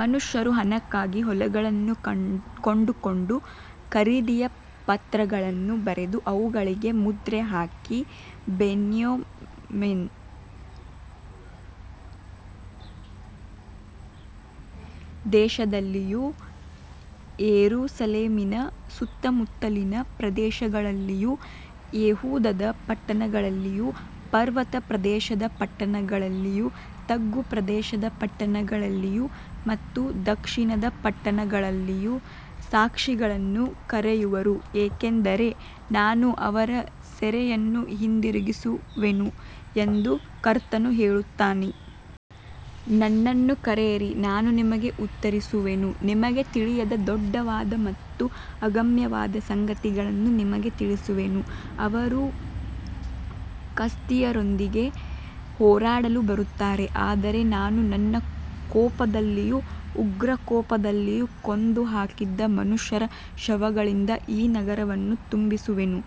ಮನುಷ್ಯರು ಹಣಕ್ಕಾಗಿ ಹೊಲಗಳನ್ನು ಕೊಂಡುಕೊಂಡು, ಖರೀದಿಯ ಪತ್ರಗಳನ್ನು ಬರೆದು, ಅವುಗಳಿಗೆ ಮುದ್ರೆ ಹಾಕಿ, ಬೆನ್ಯಾಮೀನ್ ದೇಶದಲ್ಲಿಯೂ, ಯೆರೂಸಲೇಮಿನ ಸುತ್ತಮುತ್ತಲಿನ ಪ್ರದೇಶಗಳಲ್ಲಿಯೂ, ಯೆಹೂದದ ಪಟ್ಟಣಗಳಲ್ಲಿಯೂ, ಪರ್ವತ ಪ್ರದೇಶದ ಪಟ್ಟಣಗಳಲ್ಲಿಯೂ, ತಗ್ಗು ಪ್ರದೇಶದ ಪಟ್ಟಣಗಳಲ್ಲಿಯೂ ಮತ್ತು ದಕ್ಷಿಣದ ಪಟ್ಟಣಗಳಲ್ಲಿಯೂ ಸಾಕ್ಷಿಗಳನ್ನು ಕರೆಯುವರು, ಏಕೆಂದರೆ ನಾನು ಅವರ ಸೆರೆಯನ್ನು ಹಿಂದಿರುಗಿಸುವೆನು ಎಂದು ಕರ್ತನು ಹೇಳುತ್ತಾನೆ. ನನ್ನನ್ನು ಕರೆಯಿರಿ, ನಾನು ನಿಮಗೆ ಉತ್ತರಿಸುವೆನು, ನಿಮಗೆ ತಿಳಿಯದ ದೊಡ್ಡದಾದ ಮತ್ತು ಅಗಮ್ಯವಾದ ಸಂಗತಿಗಳನ್ನು ನಿಮಗೆ ತಿಳಿಸುವೆನು. ಅವರು ಕಸ್ದೀಯರೊಂದಿಗೆ ಹೋರಾಡಲು ಬರುತ್ತಾರೆ, ಆದರೆ ನಾನು ನನ್ನ ಕೋಪದಲ್ಲಿಯೂ ಉಗ್ರಕೋಪದಲ್ಲಿಯೂ ಕೊಂದುಹಾಕಿದ ಮನುಷ್ಯರ ಶವಗಳಿಂದ ಈ ನಗರವನ್ನು ತುಂಬಿಸುವೆನು,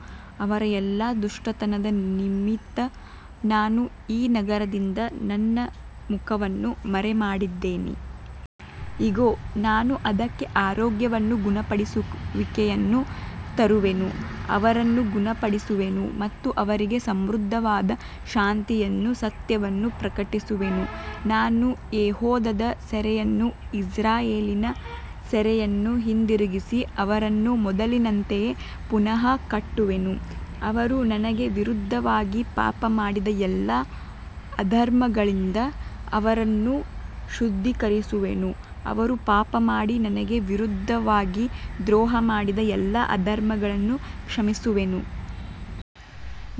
ಅವರ ಎಲ್ಲಾ ದುಷ್ಟತನದ ನಿಮಿತ್ತ ನಾನು ಈ ನಗರದಿಂದ ನನ್ನ ಮುಖವನ್ನು ಮರೆಮಾಡಿದ್ದೇನೆ. ಇಗೋ, ನಾನು ಅದಕ್ಕೆ ಆರೋಗ್ಯವನ್ನೂ ಗುಣಪಡಿಸುವಿಕೆಯನ್ನೂ ತರುವೆನು, ಅವರನ್ನು ಗುಣಪಡಿಸುವೆನು ಮತ್ತು ಅವರಿಗೆ ಸಮೃದ್ಧವಾದ ಶಾಂತಿಯನ್ನೂ ಸತ್ಯವನ್ನೂ ಪ್ರಕಟಿಸುವೆನು. ನಾನು ಯೆಹೂದದ ಸೆರೆಯನ್ನೂ ಇಸ್ರಾಯೇಲಿನ ಸೆರೆಯನ್ನೂ ಹಿಂದಿರುಗಿಸಿ, ಅವರನ್ನು ಮೊದಲಿನಂತೆಯೇ ಪುನಃ ಕಟ್ಟುವೆನು. ಅವರು ನನಗೆ ವಿರುದ್ಧವಾಗಿ ಪಾಪಮಾಡಿದ ಎಲ್ಲಾ ಅಧರ್ಮಗಳಿಂದ ಅವರನ್ನು ಶುದ್ಧೀಕರಿಸುವೆನು, ಅವರು ಪಾಪಮಾಡಿ ನನಗೆ ವಿರುದ್ಧವಾಗಿ ದ್ರೋಹಮಾಡಿದ ಎಲ್ಲಾ ಅಧರ್ಮಗಳನ್ನು ಕ್ಷಮಿಸುವೆನು.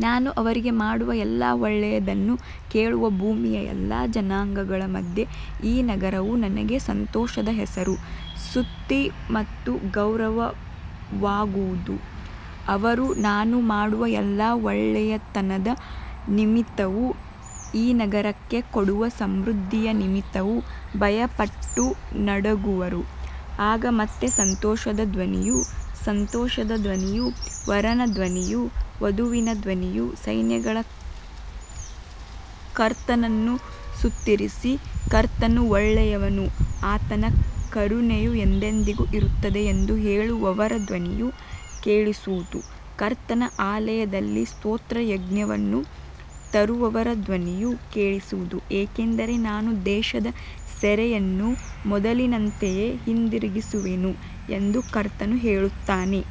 ನಾನು ಅವರಿಗೆ ಮಾಡುವ ಎಲ್ಲಾ ಒಳ್ಳೆಯದನ್ನು ಕೇಳುವ ಭೂಮಿಯ ಎಲ್ಲಾ ಜನಾಂಗಗಳ ಮುಂದೆ ಈ ನಗರವು ನನಗೆ ಸಂತೋಷದ ಹೆಸರು, ಸ್ತುತಿ ಮತ್ತು ಗೌರವವಾಗುವುದು, ಅವರು ನಾನು ಮಾಡುವ ಎಲ್ಲಾ ಒಳ್ಳೆಯತನದ ನಿಮಿತ್ತವೂ ಈ ನಗರಕ್ಕೆ ಕೊಡುವ ಸಮೃದ್ಧಿಯ ನಿಮಿತ್ತವೂ ಭಯಪಟ್ಟು ನಡುಗುವರು. ಆಗ ಮತ್ತೆ ಸಂತೋಷದ ಧ್ವನಿಯೂ ಸಂತೋಷದ ಧ್ವನಿಯೂ, ವರನ ಧ್ವನಿಯೂ ವಧುವಿನ ಧ್ವನಿಯೂ, ಸೈನ್ಯಗಳ ಕರ್ತನನ್ನು ಸ್ತುತಿಸಿರಿ, ಕರ್ತನು ಒಳ್ಳೆಯವನು, ಆತನ ಕರುಣೆಯು ಎಂದೆಂದಿಗೂ ಇರುತ್ತದೆ ಎಂದು ಹೇಳುವವರ ಧ್ವನಿಯೂ ಕೇಳಿಸುವುದು, ಕರ್ತನ ಆಲಯದಲ್ಲಿ ಸ್ತೋತ್ರಯಜ್ಞವನ್ನು ತರುವವರ ಧ್ವನಿಯೂ ಕೇಳಿಸುವುದು, ಏಕೆಂದರೆ ನಾನು ದೇಶದ ಸೆರೆಯನ್ನು ಮೊದಲಿನಂತೆಯೇ ಹಿಂದಿರುಗಿಸುವೆನು ಎಂದು ಕರ್ತನು ಹೇಳುತ್ತಾನೆ.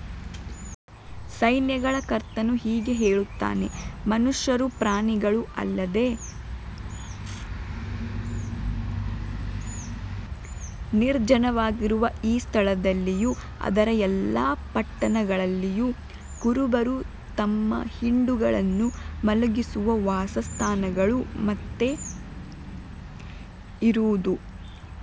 ಸೈನ್ಯಗಳ ಕರ್ತನು ಹೀಗೆ ಹೇಳುತ್ತಾನೆ, ಮನುಷ್ಯರೂ ಪ್ರಾಣಿಗಳೂ ಇಲ್ಲದೆ ನಿರ್ಜನವಾಗಿರುವ ಈ ಸ್ಥಳದಲ್ಲಿಯೂ ಅದರ ಎಲ್ಲಾ ಪಟ್ಟಣಗಳಲ್ಲಿಯೂ, ಕುರುಬರು ತಮ್ಮ ಹಿಂಡುಗಳನ್ನು ಮಲಗಿಸುವ ವಾಸಸ್ಥಾನಗಳು ಮತ್ತೆ ಇರುವುದು.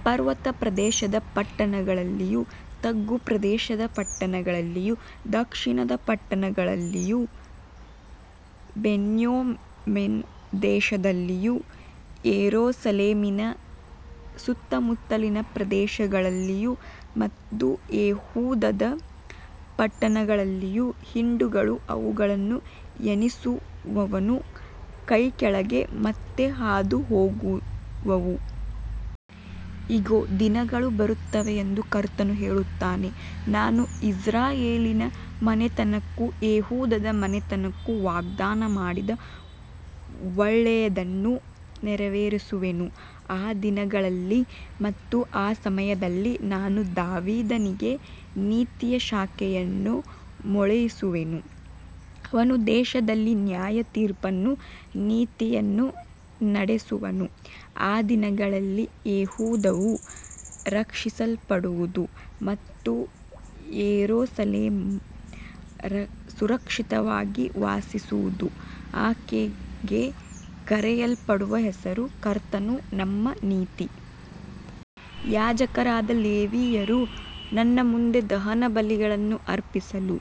ಪರ್ವತ ಪ್ರದೇಶದ ಪಟ್ಟಣಗಳಲ್ಲಿಯೂ, ತಗ್ಗು ಪ್ರದೇಶದ ಪಟ್ಟಣಗಳಲ್ಲಿಯೂ, ದಕ್ಷಿಣದ ಪಟ್ಟಣಗಳಲ್ಲಿಯೂ, ಬೆನ್ಯಾಮೀನ್ ದೇಶದಲ್ಲಿಯೂ, ಯೆರೂಸಲೇಮಿನ ಸುತ್ತಮುತ್ತಲಿನ ಪ್ರದೇಶಗಳಲ್ಲಿಯೂ ಮತ್ತು ಯೆಹೂದದ ಪಟ್ಟಣಗಳಲ್ಲಿಯೂ ಹಿಂಡುಗಳು ಅವುಗಳನ್ನು ಎಣಿಸುವವನ ಕೈಕೆಳಗೆ ಮತ್ತೆ ಹಾದುಹೋಗುವವು. ಇಗೋ, ದಿನಗಳು ಬರುತ್ತವೆ ಎಂದು ಕರ್ತನು ಹೇಳುತ್ತಾನೆ, ನಾನು ಇಸ್ರಾಯೇಲಿನ ಮನೆತನಕ್ಕೂ ಯೆಹೂದದ ಮನೆತನಕ್ಕೂ ವಾಗ್ದಾನ ಮಾಡಿದ ಒಳ್ಳೆಯದನ್ನು ನೆರವೇರಿಸುವೆನು. ಆ ದಿನಗಳಲ್ಲಿ ಮತ್ತು ಆ ಸಮಯದಲ್ಲಿ ನಾನು ದಾವೀದನಿಗೆ ನೀತಿಯ ಶಾಖೆಯನ್ನು ಮೊಳೆಯಿಸುವೆನು, ಅವನು ದೇಶದಲ್ಲಿ ನ್ಯಾಯತೀರ್ಪನ್ನೂ ನೀತಿಯನ್ನೂ ನಡೆಸುವನು. ಆ ದಿನಗಳಲ್ಲಿ ಯೆಹೂದವು ರಕ್ಷಿಸಲ್ಪಡುವುದು ಮತ್ತು ಯೆರೂಸಲೇಮ್ ಸುರಕ್ಷಿತವಾಗಿ ವಾಸಿಸುವುದು, ಆಕೆಗೆ ಕರೆಯಲ್ಪಡುವ ಹೆಸರು, ಕರ್ತನು ನಮ್ಮ ನೀತಿ. ಯಾಜಕರಾದ ಲೇವಿಯರು ನನ್ನ ಮುಂದೆ ದಹನಬಲಿಗಳನ್ನು ಅರ್ಪಿಸಲು,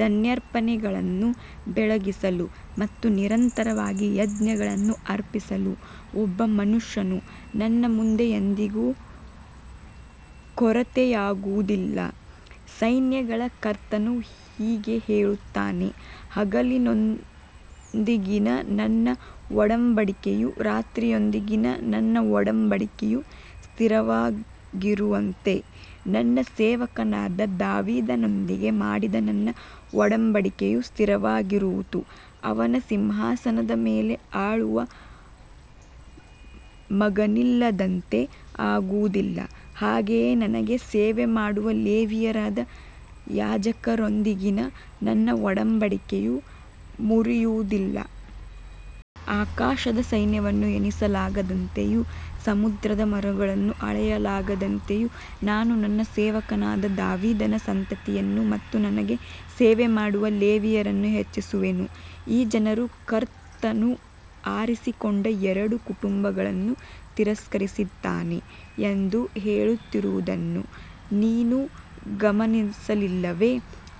ಧಾನ್ಯಾರ್ಪಣೆಗಳನ್ನು ಬೆಳಗಿಸಲು ಮತ್ತು ನಿರಂತರವಾಗಿ ಯಜ್ಞಗಳನ್ನು ಅರ್ಪಿಸಲು ಒಬ್ಬ ಮನುಷ್ಯನು ನನ್ನ ಮುಂದೆ ಎಂದಿಗೂ ಕೊರತೆಯಾಗುವುದಿಲ್ಲ. ಸೈನ್ಯಗಳ ಕರ್ತನು ಹೀಗೆ ಹೇಳುತ್ತಾನೆ, ಹಗಲಿನೊಂದಿಗಿನ ನನ್ನ ಒಡಂಬಡಿಕೆಯೂ ರಾತ್ರಿಯೊಂದಿಗಿನ ನನ್ನ ಒಡಂಬಡಿಕೆಯೂ ಸ್ಥಿರವಾಗಿರುವಂತೆ, ನನ್ನ ಸೇವಕನಾದ ದಾವೀದನೊಂದಿಗೆ ಮಾಡಿದ ನನ್ನ ಒಡಂಬಡಿಕೆಯೂ ಸ್ಥಿರವಾಗಿರುವುದು, ಅವನ ಸಿಂಹಾಸನದ ಮೇಲೆ ಆಳುವ ಮಗನಿಲ್ಲದಂತೆ ಆಗುವುದಿಲ್ಲ, ಹಾಗೆಯೇ ನನಗೆ ಸೇವೆ ಮಾಡುವ ಲೇವಿಯರಾದ ಯಾಜಕರೊಂದಿಗಿನ ನನ್ನ ಒಡಂಬಡಿಕೆಯೂ ಮುರಿಯುವುದಿಲ್ಲ. ಆಕಾಶದ ಸೈನ್ಯವನ್ನು ಎಣಿಸಲಾಗದಂತೆಯೂ ಸಮುದ್ರದ ಮರಳನ್ನು ಅಳೆಯಲಾಗದಂತೆಯೂ ನಾನು ನನ್ನ ಸೇವಕನಾದ ದಾವೀದನ ಸಂತತಿಯನ್ನು ಮತ್ತು ನನಗೆ ಸೇವೆ ಮಾಡುವ ಲೇವಿಯರನ್ನು ಹೆಚ್ಚಿಸುವೆನು. ಈ ಜನರು, ಕರ್ತನು ಆರಿಸಿಕೊಂಡ ಎರಡು ಕುಟುಂಬಗಳನ್ನು ತಿರಸ್ಕರಿಸಿದ್ದಾನೆ ಎಂದು ಹೇಳುತ್ತಿರುವುದನ್ನು ನೀನು ಗಮನಿಸಿಲ್ಲವೇ,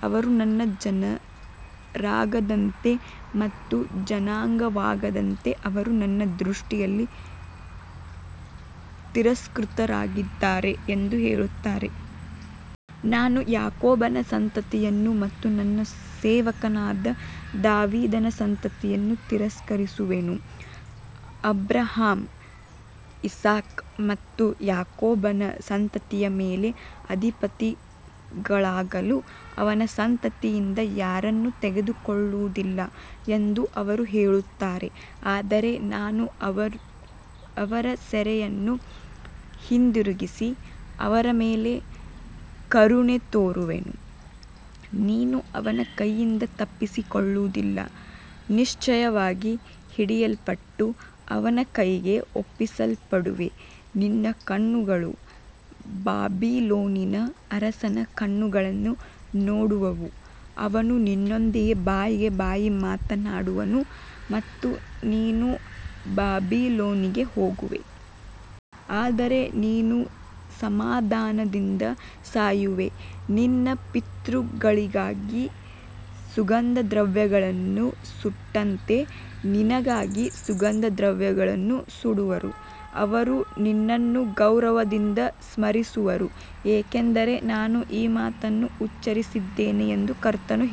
ಅವರು ನನ್ನ ಜನರಾಗದಂತೆ ಮತ್ತು ಜನಾಂಗವಾಗದಂತೆ ಅವರು ನನ್ನ ದೃಷ್ಟಿಯಲ್ಲಿ ತಿರಸ್ಕೃತರಾಗಿದ್ದಾರೆ ಎಂದು ಹೇಳುತ್ತಾರೆ. ನಾನು ಯಾಕೋಬನ ಸಂತತಿಯನ್ನು ಮತ್ತು ನನ್ನ ಸೇವಕನಾದ ದಾವೀದನ ಸಂತತಿಯನ್ನು ತಿರಸ್ಕರಿಸುವೆನು, ಅಬ್ರಹಾಮ, ಇಸಾಕ ಮತ್ತು ಯಾಕೋಬನ ಸಂತತಿಯ ಮೇಲೆ ಅಧಿಪತಿಗಳಾಗಲು ಅವನ ಸಂತತಿಯಿಂದ ಯಾರನ್ನೂ ತೆಗೆದುಕೊಳ್ಳುವುದಿಲ್ಲ ಎಂದು ಅವರು ಹೇಳುತ್ತಾರೆ. ಆದರೆ ನಾನು ಅವರ ಸೆರೆಯನ್ನು ಹಿಂದಿರುಗಿಸಿ, ಅವರ ಮೇಲೆ ಕರುಣೆ ತೋರುವೆನು. ನೀನು ಅವನ ಕೈಯಿಂದ ತಪ್ಪಿಸಿಕೊಳ್ಳುವುದಿಲ್ಲ, ನಿಶ್ಚಯವಾಗಿ ಹಿಡಿಯಲ್ಪಟ್ಟು ಅವನ ಕೈಗೆ ಒಪ್ಪಿಸಲ್ಪಡುವೆ, ನಿನ್ನ ಕಣ್ಣುಗಳು ಬಾಬಿಲೋನಿನ ಅರಸನ ಕಣ್ಣುಗಳನ್ನು ನೋಡುವವು, ಅವನು ನಿನ್ನೊಂದಿಗೆ ಬಾಯಿಗೆ ಬಾಯಿ ಮಾತನಾಡುವನು ಮತ್ತು ನೀನು ಬಾಬಿಲೋನಿಗೆ ಹೋಗುವೆ. ಆದರೆ ನೀನು ಸಮಾಧಾನದಿಂದ ಸಾಯುವೆ, ನಿನ್ನ ಪಿತೃಗಳಿಗಾಗಿ ಸುಗಂಧದ್ರವ್ಯಗಳನ್ನು ಸುಟ್ಟಂತೆ ನಿನಗಾಗಿ ಸುಗಂಧದ್ರವ್ಯಗಳನ್ನು ಸುಡುವರು, ಅವರು ನಿನ್ನನ್ನು ಗೌರವದಿಂದ ಸ್ಮರಿಸುವರು, ಏಕೆಂದರೆ ನಾನು ಈ ಮಾತನ್ನು ಉಚ್ಚರಿಸಿದ್ದೇನೆ ಎಂದು ಕರ್ತನು ಹೇಳುತ್ತಾನೆ.